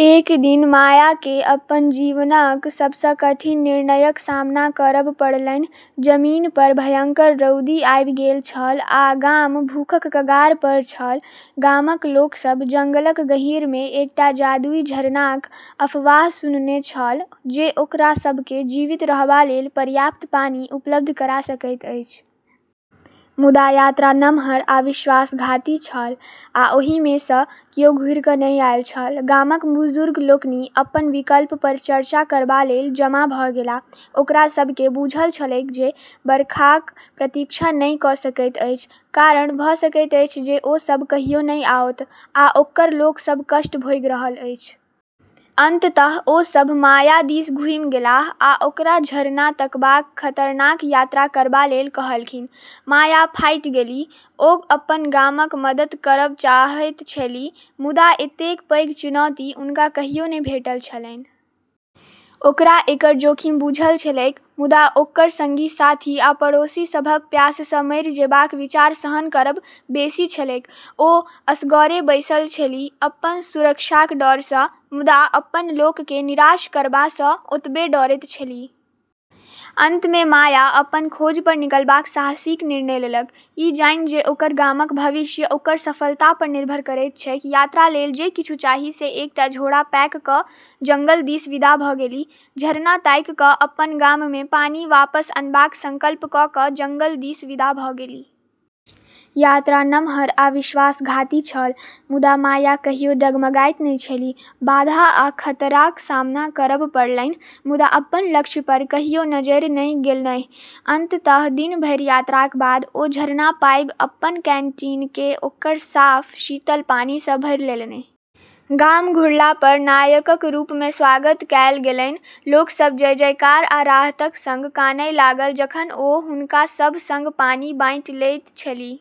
एक दिन मायाकेँ अपन जीवनक सबसँ कठिन निर्णयक सामना करब पड़लन्हि। जमीनपर भयंकर रौदी आबि गेल छल, आ गाम भूखक कगारपर छल। गामक लोक सभ जंगलक गहींरमे एकटा जादुई झरनाक अफवाह सुनने छल, जे ओकरा सभकेँ जीवित रहबालेल पर्याप्त पानि उपलब्ध करा सकैत अछि। मुदा यात्रा नमहर आ विश्वासघाती छल, आ ओहिमे सँ कियो घुरि कऽ नहि आएल छल। गामक बुजुर्ग लोकनि अपन विकल्पपर चर्चा करबालेल जमा भऽ गेलाह। ओकरा सभकेँ बुझल छलैक जे बरखाक प्रतीक्षा नहि कऽ सकैत अछि, कारण भऽ सकैत अछि जे ओ सभ कहियो नहि आओत, आ ओकर लोक सभ कष्ट भोगि रहल अछि। अंततः ओ सभ माया दिस घुमि गेलाह आ ओकरा झरना तकबाक खतरनाक यात्रा करबालेल कहलखिन। माया फाटि गेलीह। ओ अपन गामक मदद करब चाहैत छलीह, मुदा एतेक पैघ चुनौती हुनका कहियो नहि भेटल छलन्हि। ओकरा एकर जोखिम बुझल छलैक, मुदा ओकर संगी-साथी आ पड़ोसी सभक प्याससँ मरि जेबाक विचार सहन करब बेसी छलैक। ओ असगरे बैसल छलीह, अपन सुरक्षाक डरसँ, मुदा अपन लोककेँ निराश करबासँ ओतबे डरैत छलीह। अंतमे माया अपन खोजपर निकलबाक साहसिक निर्णय लेलक, ई जानि जे ओकर गामक भविष्य ओकर सफलतापर निर्भर करैत छैक यात्रालेल जे किछु चाही से एकटा झोरा पैक कऽ जंगल दिस विदा भऽ गेलीह, झरना ताकि कऽ अपन गाममे पानि वापस अनबाक संकल्प कऽ कऽ जंगल दिस विदा भऽ गेलीह। यात्रा नमहर आ विश्वासघाती छल, मुदा माया कहियो डगमगाइत नहि छलीह। बाधा आ खतराक सामना करब पड़लन्हि, मुदा अपन लक्ष्यपर कहियो नजरि नहि गेलन्हि। अंततः दिन भरि यात्राका बाद ओ झरना पाबि अपन कैंटीनकेँ ओकर साफ, शीतल पानिसँ भरि लेलन्हि। गाम घुरलापर नायकक रूपमे स्वागत कएल गेलन्हि। लोक सभ जय-जयकार आ राहतक संग कानए लागल जखन ओ हुनका सभ संग पानि बाँटि लैत छलीह।